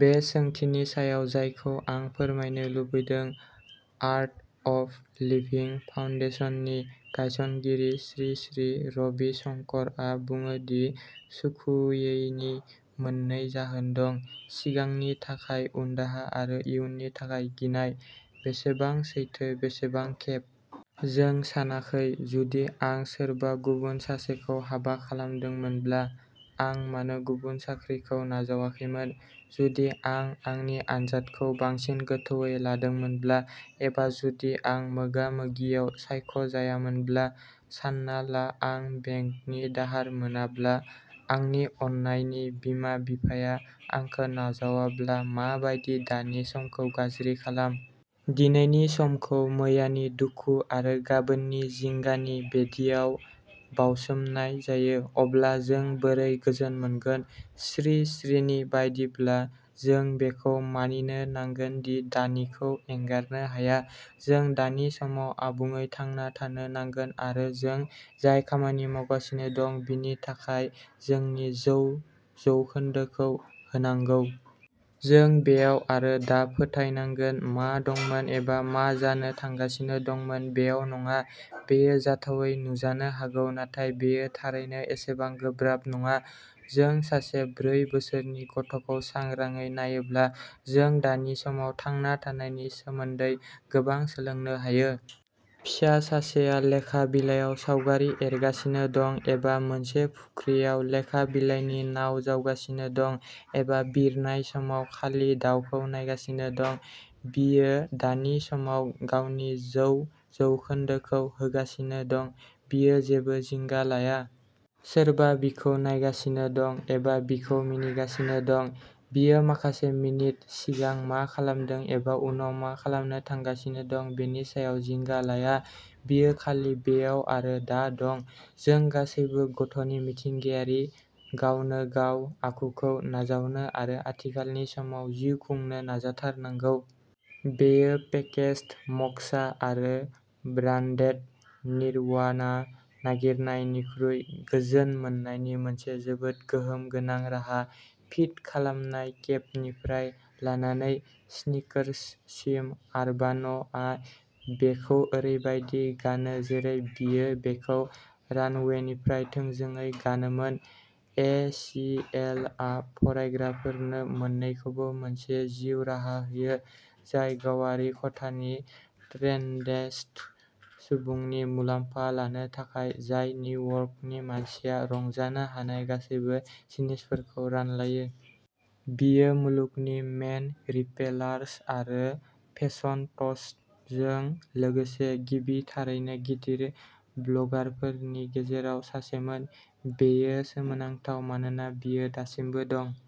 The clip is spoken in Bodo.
बे सोंथिनि सायाव जायखौ आं फोरमायनो लुबैदों। आर्ट अफ लिभिं फाउन्डेशननि गायसनगिरि श्री श्री रबि शंकरआ बुङो दि सुखुयैनि मोननै जाहोन दं। सिगांनि थाखाय उनदाहा आरो इयुननि थाखाय गिनाय। बेसेबां सैथो बेसेबां खेब जों सानाखै जुदि आं सोरबा गुबुन सासेखौ हाबा खालामदोंमोनब्ला आं मानो गुबुन साख्रिखौ नाजावाखैमोन जुदि आं आंनि आनजादखौ बांसिन गोथौवै लादोंमोनब्ला एबा जुदि आं मोगा-मोगियाव सायख'जायामोनब्ला सान्ना ला आं बेंकनि दाहार मोनाब्ला आंनि अननायनि बिमा-बिफाया आंखौ नाजावाब्ला मा बायदि दानि समखौ गाज्रि खालाम। दिनैनि समखौ मैयानि दुखु आरो गाबोननि जिंगानि बेदियाव बावसोमनाय जायो। अब्ला जों बोरै गोजोन मोनगोन? श्री श्रीनि बायदिब्ला जों बेखौ मानिनो नांगोन दि दानिखौ एंगारनो हाया। जों दानि समाव आबुङै थांना थानो नांगोन आरो जों जाय खामानि मावगासिनो दं बिनि थाखाय जोंनि जौ जौखोन्दोखौ होनांगौ। जों बेयाव आरो दा फोथायनांगोन मा दंमोन एबा मा जानो थांगासिनो दंमोन बेयाव नङा। बेयो जाथावै नुजानो हागौ नाथाय बेयो थारैनो एसेबां गोब्राब नङा। जों सासे ब्रै बोसोरनि गथ'खौ सांग्राङै नायोब्ला जों दानि समाव थांना थानायनि सोमोन्दै गोबां सोलोंनो हायो। फिसा सासेआ लेखा बिलाइयाव सावगारि एरगासिनो दं, एबा मोनसे फुख्रियाव लेखा बिलाइनि नाव जावगासिनो दं एबा बिरनाय समाव खालि दाउखौ नायगासिनो दं। बियो दानि समाव गावनि जौ जौखोन्दोखौ होगासिनो दं। बियो जेबो जिंगा लाया। सोरबा बिखौ नायगासिनो दं एबा बिखौ मिनिगासिनो दं, बियो माखासे मिनिट सिगां मा खालामदों एबा उनाव मा खालामनो थांगासिनो दं बेनि सायाव जिंगा लाया। बियो खालि बेयाव आरो दा दं। जों गासैबो गथ'नि मिथिंगायारि गावनोगाव आखुखौ नाजावनो आरो आथिखालनि समाव जिउ खुंनो नाजाथारनांगौ। बेयो पेकेज्ड मक्सा आरो ब्रान्डेड निर्वाणा नागिरनायनिख्रुइ गोजोन मोन्नायनि मोनसे जोबोद गोहोम गोनां राहा। फिट खालामनाय केपनिफ्राय लानानै स्नीकर्ससिम, आर्बान'आ बेखौ ओरैबायदि गानो जेरै बियो बेखौ रानवेनिफ्राय थोंजोङै गानोमोन। ए. सि. एल. आ फरायग्राफोरनो मोन्नैखौबो मोनसे जिउ राहा होयो जाय गावारि खथानि ट्रेन्डेस्ट सुबुंनि मुलाम्फा लानो थाखाय, जाय निउयर्कनि मानसिया रंजानो हानाय गासैबो जिनिसफोरखौ रानलायो। बियो मुलुगनि मेन रिपेलार्स आरो फेसन टस्टजों लोगोसे गिबि थारैनो गिदिर ब्लगारफोरनि गेजेराव सासेमोन। बेयो गोसोनांथाव मानोना बियो दासिमबो दं।